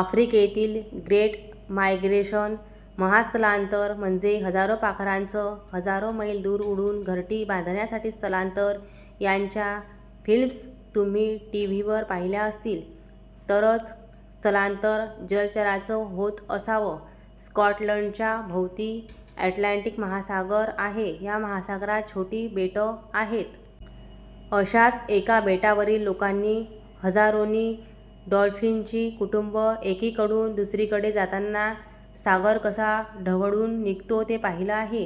आफ्रिकेतील 'great migration' महास्थलांतर म्हणजे हजारो पाखरांचं हजारो मैल दूर ऊडून घरटी बांधण्यासाठी स्थलांतर. याच्या फिल्म्स तुम्ही टी. व्ही. वर पहिल्या असतील. तसच स्थलांतर जलचरांचं होत असावं. स्कॉटलंडच्या भोवती अॅटलांटिक महासागर आहे. या महासागरात छोटी बेटं आहेत. अशाच एका बेटावरील लोकांनी हजारोनी डॉल्फिनची कुटूंबं एकी कडून दुसरीकडे जाताना सागर कसा ढवळून निघतो ते पाहिल आहे.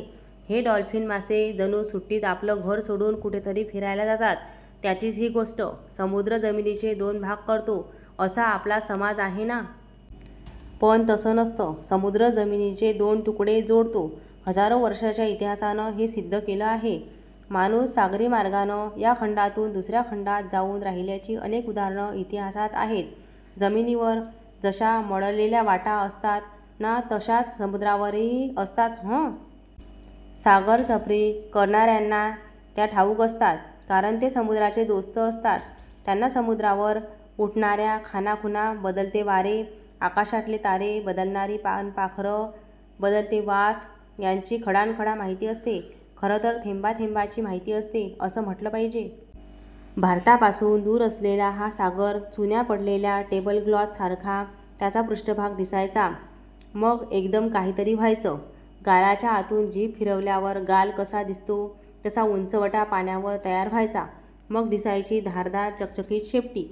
हे डॉल्फिन मासे जणू सुट्टीत आपलं घर सोडून कुठेतरी फिरायला जातात! त्याचीच ही गोष्ट!! समुद्र जमिनीचे दोन भाग करतो, असा आपला समाज आहे ना! पण तसं नसतं. समुद्र जमिनीचे दोन तुकडे जोडतो! हजारो वर्षाच्या इतिहासानं हे सिद्ध केलं आहे. माणूस सागरी मार्गानं या खंडातून दुसर्या खंडात जाऊन राहिल्याची अनेक उदाहरणं इतिहासात आहेत. जमिनीवर जशा मळलेल्या वाटा असतात ना, तशाच समुद्रावरही असतात हं! सागर सफरी करणार्याना त्या ठाऊक असतात. कारण ते समुद्राचे दोस्त असतात. त्यांना समुद्रावर उठणार्या खाणाखुणा, बदलते वारे, आकाशातले तारे, बदलणारी पाणपाखरं, बदलते वास याची खडानख़डा माहिती असते. खरंतर थेंबाथेंबाची माहिती असते, असं म्हटलं पाहिजे. भारतापासून दूर असलेला हा सागर... चुण्या पडलेल्या टेबलक्लॉथ सारखा त्याचा पृष्ठभाग दिसायचा... मग एकदम कहीतरी व्हायचं... गालाच्या आतून जीभ फिरवल्यावर गाल कसा दिसतो, तसा उंचवटा पाण्यावर तयार व्हायचा. मग दिसायची धारदार चकचकीत शेपटी.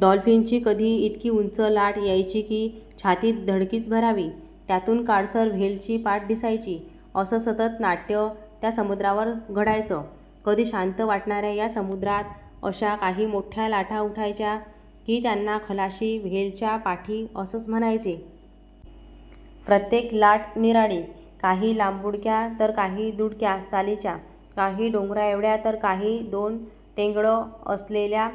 डॉल्फिनची. कधी इतकी उंच लाट यायची की छातीत धडकीच भरावी. त्यातून काळसर व्हेलची पाठ दिसायची. असं सतत नाट्य त्या समुद्रावर घडायचं. कधी शांत वाटणार्या या समुद्रात अशा काही मोठ्ठ्या लाटा उठायच्या, की त्याना खलाशी व्हेलच्या पाठी असच म्हणायचे. प्रत्त्येक लाट निराळी. काही लांबुडक्या, तर काही दुडक्या चालीच्या. काही डोंगराएवढ्या तर काही दोन टेंगळं असलेल्या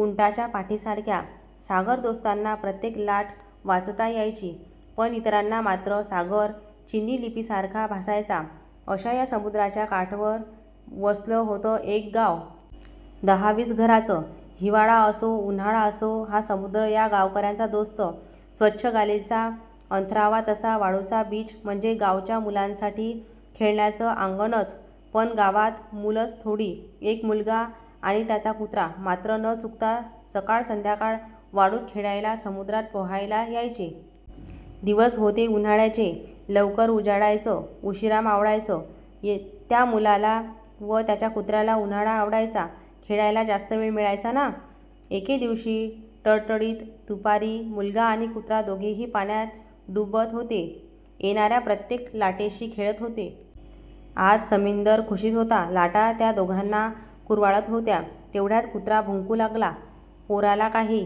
उंटाच्या पाठीसारख्या. सागरदोस्ताना प्रत्त्येक लाट वाचता यायची. पण इतरांना मात्र सागर चिनी लिपीसारखा भासायचा. अशा या समुद्राच्या काठवर वसलं होतं एक गाव. दहा-वीस घरांचं. हिवाळा असो, उन्हाळा असो, हा समुद्र या गावकर्यांचा दोस्त. स्वच्छ गालिचा अंथरावा तसा वाळूचा बिच म्हणजे गावच्या मुलांसाठी खेळण्याचं आंगणच. पण गावात मुलच थोडी. एक मुलगा आणि त्याचा कुत्रा मात्र न चुकता सकाळ-संध्याकाळ वाळूत खेळायला, समुद्रात पोहायला यायचे. दिवस होते उन्हाळ्याचे. लवकर उजाडायचं. उशीरा मावळायचं. त्या मुलाला व त्याच्या कुत्र्याला उन्हाळा आवडायचा. खेळायला जास्त वेळ मिळायचा ना! एक दिवशी टळटळीत दुपारी मुलगा आणि कुत्रा दोघेही पाण्यात डुंबत होते. येणार्या प्रत्त्येक लाटेशी खेळत होते. आज समिंदर खुशीत होता. लाटा त्या दोघाना कुरवाळत होत्या. तेवढ्यात कुत्रा भुंकू लागला. पोराला काही